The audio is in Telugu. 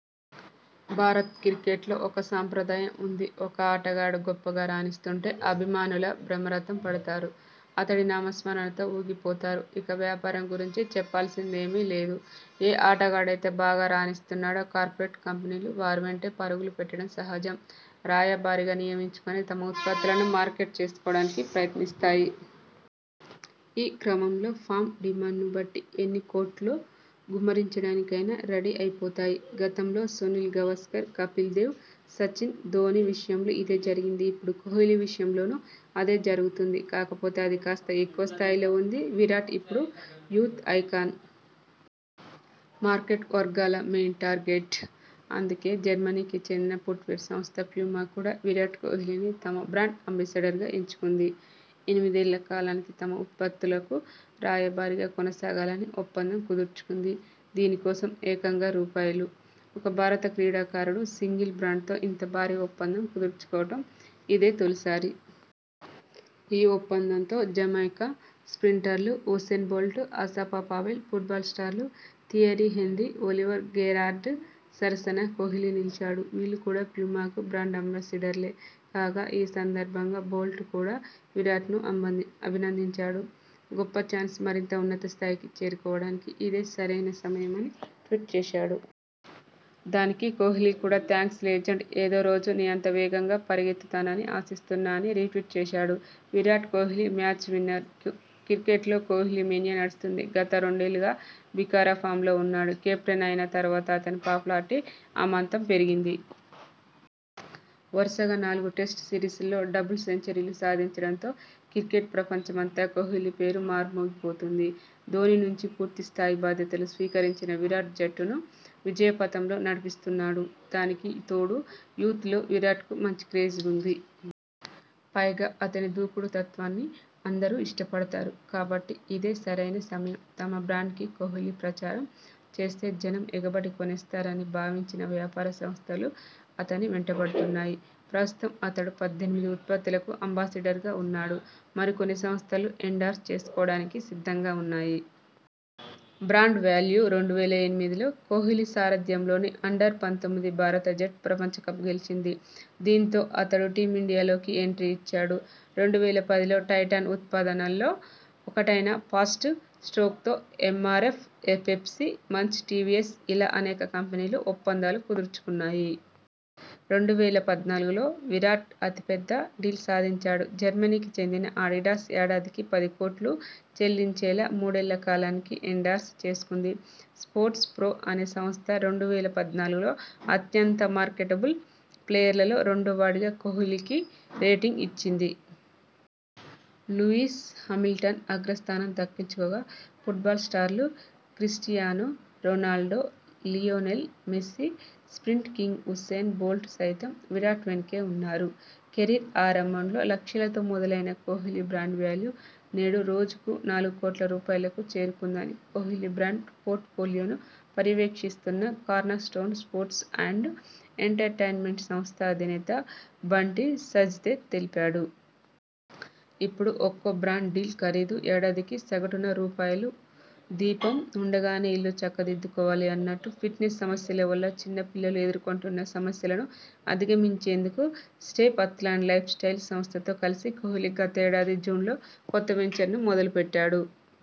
భారత క్రికెట్లో ఒక సంప్రదాయం ఉంది. ఒక ఆటగాడు గొప్పగా రాణిస్తుంటే అభిమానుల బ్రహ్మరథం పడతారు. అతడి నామస్మరణతో ఊగిపోతారు. ఇక వ్యాపారం గురించి చెప్పాల్సిందేమీ లేదు. ఏ ఆటగాడైతే బాగా రాణిస్తున్నాడో.. కార్పొరేట్ కంపెనీలు వారివెంట పరుగులు పెట్టడం సహజం. రాయబారిగా నియమించుకుని తమ ఉత్పత్తుల ను మార్కెట్ చేసుకోవడానికి ప్రయత్నిస్తాయి. ఈ క్రమంలో ఫామ్, డిమాండ్ను బట్టి ఎన్ని కోట్లు గుమ్మరించడానికైనా రెడీ అయిపోతాయి. గతంలో సునీల్ గవాస్కర్, కపిల్ దేవ్, సచిన్, ధోనీ విషయంలో ఇదే జరిగింది. ఇప్పుడు కోహ్లీ విషయంలోనూ అదే జరుగుతోంది! కాకపోతే అది కాస్త ఎక్కువ స్థాయిలో ఉంది. విరాట్ ఇప్పుడు యూత ఐకాన్..! మార్కెట్ వర్గాల మెయిన్ టార్గెట్..! అందుకే జర్మనీకి చెందిన ఫుట్వేర్ సంస్థ 'ప్యూమా' కూడా విరాట్ కోహ్లీని తమ బ్రాండ్ అంబాసిడర్గా ఎంచుకుంది. ఎనిమిదేళ్ల కాలానికి తమ ఉత్పత్తులకు రాయబారిగా కొనసాగాలని ఒప్పందం కుదుర్చుకుంది. దీని కోసం ఏకంగా రూపాయలు. ఒక భారత క్రీడాకారుడు సింగిల్ బ్రాండ్తో ఇంత భారీ ఒప్పందం కుదుర్చుకోవటం ఇదే తొలిసారి. ఈ ఒప్పందంతో జమైకా స్ర్పింటర్లు Usain Bolt, Asafa Powell, football స్టార్లు థియరీ హెన్రీ, ఒలీవర్ గెరార్డ్ సరసన కోహ్లీ నిలిచాడు. వీళ్లు కూడా ప్యూమాకు బ్రాండ్ అంబాసిడర్లే. కాగా.. ఈ సందర్భంగా బోల్ట్ కూడా విరాట్ను అభినందించాడు. 'గొప్ప చాన్స్. మరింత ఉన్నత స్థాయికి చేరుకోవడానికి ఇదే సరైన సమయమ'ని ట్వీట్ చేశాడు. దానికి కోహ్లీ కూడా 'థాంక్స్ లెజెండ్. ఏదో రోజు నీ అంత వేగంగా పరుగెత్తు తానని ఆశిస్తున్నా' అని రీ ట్వీట్ చేశాడు. Virat Kohli match winner. క్రికెట్లో కోహ్లీ మేనియా నడుస్తోంది. గత రెండేళ్లుగా భీకర ఫామ్లో ఉన్నాడు. కెప్టెన్ అయిన తర్వాత అతని పాపులారిటీ అమాంతం పెరిగింది. వరుసగా నాలుగు టెస్టు సిరీస్ ల్లో డబుల్ సెంచరీలు సాధించడంతో క్రికెట్ ప్రపంచమంతా కోహ్లీ పేరు మార్మోగి పోతోంది. ధోనీ నుంచి పూర్తి స్థాయి బాధ్యతలు స్వీకరించిన విరాట్ జట్టును విజయ పథంలో నడిపిస్తున్నాడు. దానికి తోడు యూత్ లో విరాట్కు మంచి క్రేజ్ ఉంది. పైగా అతని దూకుడు తత్వాన్ని అందరూ ఇష్ట పడతారు. కాబట్టి ఇదే సరైన సమయం. తమ బ్రాండ్కి కోహ్లీ ప్రచారం చేస్తే జనం ఎగబడి కొనేస్తారని భావించిన వ్యాపార సంస్థలు అతని వెంటపడుతున్నాయి. ప్రస్తుతం అతడు పద్దెనిమిది ఉత్పత్తులకు అంబాసిడర్గా ఉన్నాడు. మరికొన్ని సంస్థలు ఎండార్స్ చేసుకోవడానికి సిద్ధంగా ఉన్నాయి. Brand value. రెండు వేల ఎనిమిదిలో కోహ్లీ సారథ్యంలోని అండర్-పంతొమ్మిది భారత జట్టు ప్రపంచకప్ గెలిచింది. దీంతో అతడు టీమిండియాలోకి ఎంట్రీ ఇచ్చాడు. రెండు వేల పదిలో టైటాన్ ఉత్పాదనల్లో ఒకటైన ఫాస్ట్ స్ట్రోక్తో ఎంఆర్ఎఫ్, పెప్సీ, మంచ్, టీవీఎస్ ఇలా అనేక కంపెనీలు ఒప్పందాలు కుదుర్చుకున్నాయి. రెండు వేల పద్నాలుగులో విరాట్ అతిపెద్ద డీల్ సాధించాడు. జర్మనీకి చెందిన ఆడిడాస్ ఏడాదికి పది కోట్లు చెల్లించేలా మూడేళ్ల కాలానికి ఎండార్స్ చేసుకుంది. స్పోర్ట్స్ ప్రొ అనే సంస్థ రెండు వేల పద్నాలుగులో అత్యంత మార్కెటబుల్ ప్లేయర్లలో రెండో వాడిగా కోహ్లీకి రేటింగ్ ఇచ్చింది. లూయిస్ హామిల్టన్ అగ్రస్థానం దక్కించుకోగా.. ఫుట్బాల్ స్టార్లు Cristiano Ronaldo, Lionel Messi, sprint king Usain Bolt సైతం విరాట్ వెనకే ఉన్నారు. కెరీర్ ఆరంభంలో లక్షలతో మొదలైన కోహ్లీ బ్రాండ్ వాల్యూ నేడు రోజుకు నాలుగు కోట్ల రూపాయలకు చేరుకుందని కోహ్లీ బ్రాండ్ పోర్ట్ పోలియోను పర్యవేక్షిస్తున్న corner stone sports and entertainment సంస్థ అధినేత బంటీ సజ్దే తెలిపాడు. ఇప్పుడు ఒక్కో బ్రాండ్ డీల్ ఖరీదు ఏడాదికి సగటున రూపాయలు. దీపం ఉండగానే ఇల్లు చక్క దిద్దుకోవాలి అన్నట్టూ.. ఫిట్నెస్ సమస్యల వల్ల చిన్న పిల్లలు ఎదుర్కొంటున్న సమస్యలను అధిగమించేందుకు స్టెపాథ్లాన్ లైఫ్ స్టైల్ సంస్థతో కలిసి కోహ్లీ గతేడాది జూన్లో కొత్త వెంచర్ను మొదలుపెట్టాడు.